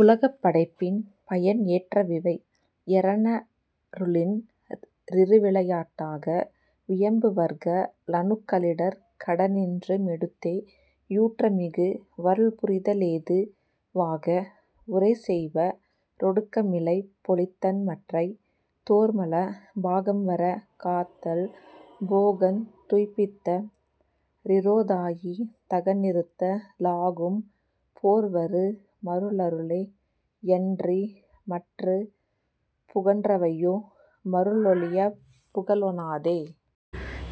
உலகப் படைப்பின் பயன் ஏற்றவிவை யரனருளின் றிருவிளையாட் டாக வியம்புவர்க ளணுக்களிடர்க் கடனின்று மெடுத்தே யூற்றமிக வருள்புரித லேது வாக வுரைசெய்வ ரொடுக்கமிளைப் பொழித்தன் மற்றைத் தோற்மல பாகம்வரக் காத்தல் போகந் துய்ப்பித்த றிரோதாயி தகநிறுத்த லாகும் போற்வரு மருளருளே யன்றி மற்றுப் புகன்றவையு மருளொழியப் புகலொ ணாதே.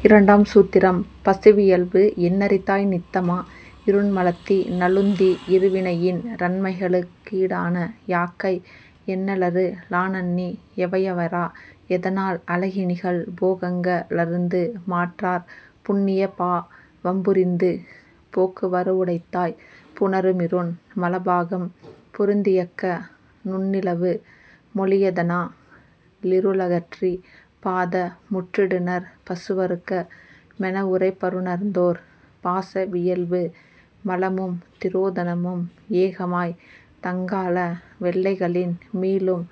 இரண்டாம் சூத்திரம் பசுவியல்பு எண்ணரிதாய் நித்தமா யிருண்மலத்தி னழுந்தி யிருவினையின் றன்மைகளுக் கீடான யாக்கை யண்ணலரு ளானண்ணி யவையவரா யதனால் அலகினிகழ் போகங்க ளருந்து மாற்றாற் புண்ணியபா வம்புரிந்து போக்குவரவுடைத்தாய்ப் புணருமிருண் மலபாகம் பொருந்தியக்கா லுண்ணிலவு மொளியதனா லிருளகற்றிப் பாத முற்றிடுநற் பசுவருக்க மெனவுரைப்பருணர்ந்தோர். பாச வியல்பு மலமும் திரோதனமும் ஏகமாய்த் தங்கால வெல்லைகளின் மீளும்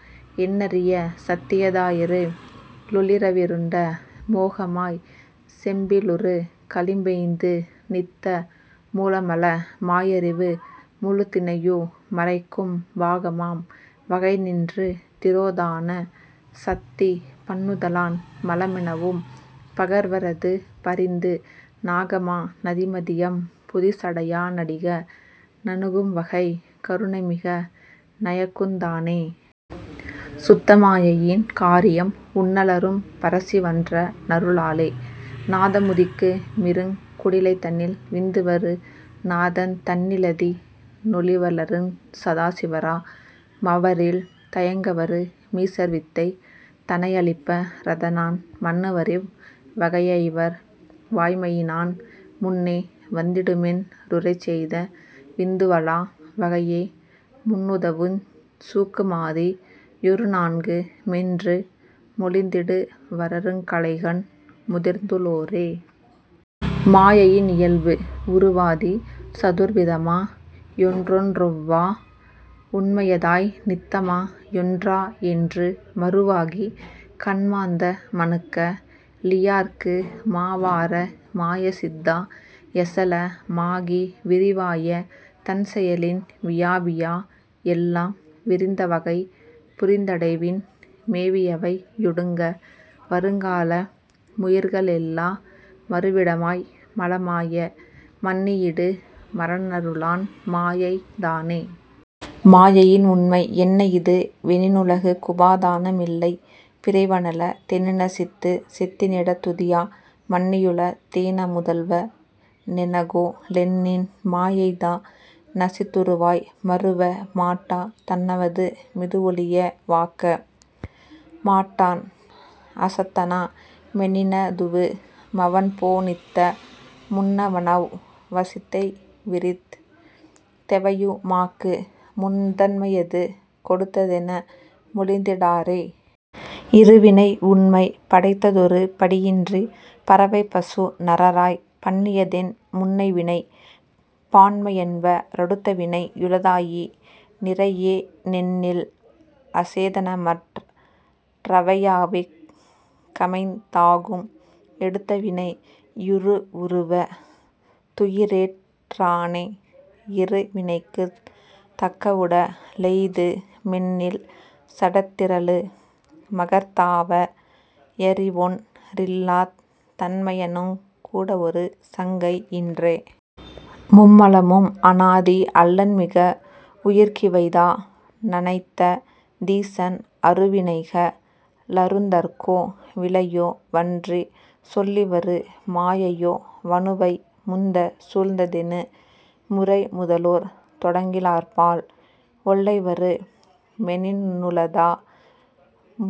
எண்ணரிய சத்தியதாயிரு ளொளிரவிருண்ட மோகமாய்ச் செம்பிலுரு களிம்பேய்ந்து நித்த மூலமல மாயறிவு முழுதினையு மறைக்கும் பாகமாம் வகைநின்று திரோதான சத்தி பண்ணுதலான் மலமெனவும் பகர்வரதுபரிந்து நாகமா நதிமதியம் பொதிசடையா னடிக ணணுகும்வகை கருணைமிக நயக்குந் தானே. சுத்தமாயையின் காரியம் உன்னலரும் பரசிவன்ற னருளாலே நாத முதிக்கு மிருங் குடிலைதனில் விந்துவரு நாதந் தன்னிலதி னொளிவளருஞ் சதாசிவரா மவரில் தயங்கவரு மீசர்வித்தை தனையளிப்ப ரதனான் மன்னுவரிவ் வகையைவர் வாய்மையினான் முன்னே வந்திடுமென் றுரைசெய்த விந்துவழா வகையே முன்னுதவுஞ் சூக்குமாதி யொருநான்கு மென்று மொழிந்திடுவரருங்கலைகண் முதிர்ந்துளோரே. மாயையின் இயல்பு உருவாதி சதுர்விதமா யொன்றொன்றொவ்வா உண்மையதாய் நித்தமா யொன்றா யென்று மருவாகிக் கன்மாந்த மணுக்க ளியார்க்கு மாவார மாயசித்தா யசல மாகி விரிவாய தன்செயலின் வியாபியா யெல்லாம் விரிந்தவகை புரிந்தடைவின் மேவியவை யொடுங்க வருகால முயிர்களெல்லா மருவிடமாய் மலமாய மன்னியிடு மரனருளான் மாயை தானே. மாயையின் உண்மை என்னையிது வெனினுலகுக் குபாதான மில்லை பிறைவனல தெனினசித்துத் சித்தினிடத் துதியா மன்னியுள தேனமுதல்வ னெனகொ லென்னின் மாயைதா னசித்துருவாய் மருவ மாட்டா தன்னவனு மிதுவொழிய வாக்க மாட்டான் அசத்தனா மெனினதுவு மவன்போ னித்த முன்னவனவ் வசித்தைவிரித் தெவையு மாக்கு முதன்மையது கொடுத்ததென மொழிந்திடாரே. இருவினை உண்மை படைத்ததொரு படியின்றிப் பறவைபசு நரராய்ப் பண்ணியதென் முன்னைவினைப் பான்மையென்ப ரடுத்தவினை யுளதாயி னிறையே னென்னில் அசேதனமற் றவையாவிக் கமைந் தாகும் எடுத்தவினை யுறுவுறுவ துயிரேற் றானே யிருவினைக்குத் தக்கவுட லெய்து மென்னில் சடத்திரளு மகர்த்தாவா யறிவொன் றில்லாத் தன்மையனுங் கூடவொரு சங்கை யின்றே. மும்மலமும் அநாதி அல்லன்மிக வுயிர்க்கிவைதா னனைத்த தீசன் அருவினைக ளருந்துதற்கோ விளையோ வன்றிச் சொல்லிவரு மாயையோ வணுவை முந்தச் சூழ்ந்ததெனு முரைமுதலோர் தொடக்கிலார்பால் ஒல்லைவரு மெனினுளதா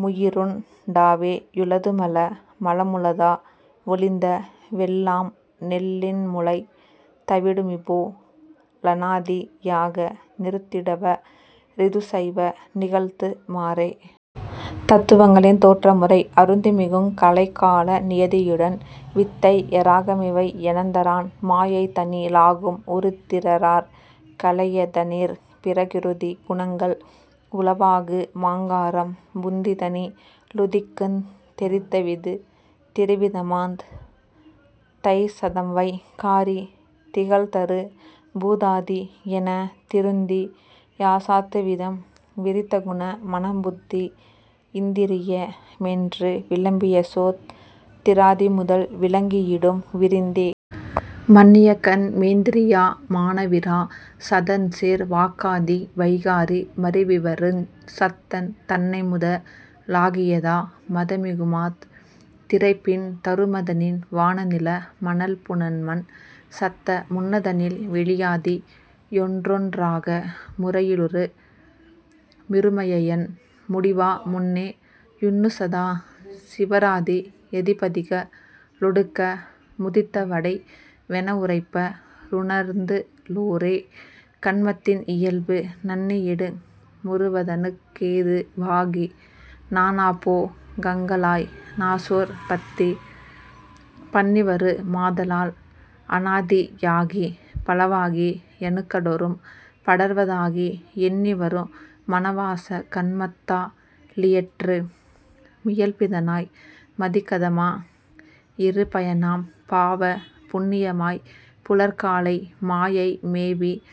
முயிருண் டாவே யுளதுமல மலமுளதா வொழிந்த வெல்லாம் நெல்லின்முளை தவிடுமிபோ லநாதி யாக நிறுத்திடுவ ரிதுசைவ நிகழ்த்து மாறே. தத்துவங்களின் தோற்றமுறை அருத்திமிகுங் கலைகால நியதியுடன் வித்தை யராகமிவை யனந்தரான் மாயைதனி லாகும் உருத்திரராற் கலையதனிற் பிரகிருதி குணங்கள் உளவாகு மாங்காரம் புந்திதனி லுதிக்குந் தெரித்தவிது திரிவிதமாந் தைசதம்வை காரி திகழ்தரு பூதாதி யெனத் திருந்தி யசாத்துவிதம் விரித்தகுண மனம்புத்தி யிந்திரிய மென்று விளம்பியசோத் திராதிமுதல் விளங்கியிடும் விரிந்தே! மன்னியகன் மேந்திரிய மானவிரா சதஞ்சேர் வாக்காதி வைகாரி மருவிவருஞ் சத்தந் தன்னைமுத லாகியதா மதமிகுமாத் திரைபின் தருமதனின் வானநில மனல்புனன்மண் சத்த முன்னதனில் வெளியாதி யொன்றொன் றாக முறையிலுறு மிருமையயன் முடிவா முன்னே யுன்னுசதா சிவராதி யதிபதிக ளொடுக்க முதித்தவடை வெனவுரைப்ப ருணர்ந்து ளோரே. கன்மத்தின் இயல்பு நண்ணியிடு முருவதனுக் கேது வாகி நானாபோ கங்களாய் நாசோற் பத்தி பண்ணிவரு மாதலால் அநாதி யாகிப் பலவாகி யணுக்கடொறும் படர்வதாகி யெண்ணிவரு மனவாச கன்மத்தா லியற்று மியல்பிதனாய் மதிகதமா யிருபயனாம் பாவ புண்ணியமாய்ப் புலர்காலை மாயை மேவிப்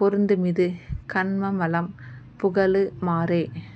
பொருந்துமிது கன்மமலம் புகலு மாறே.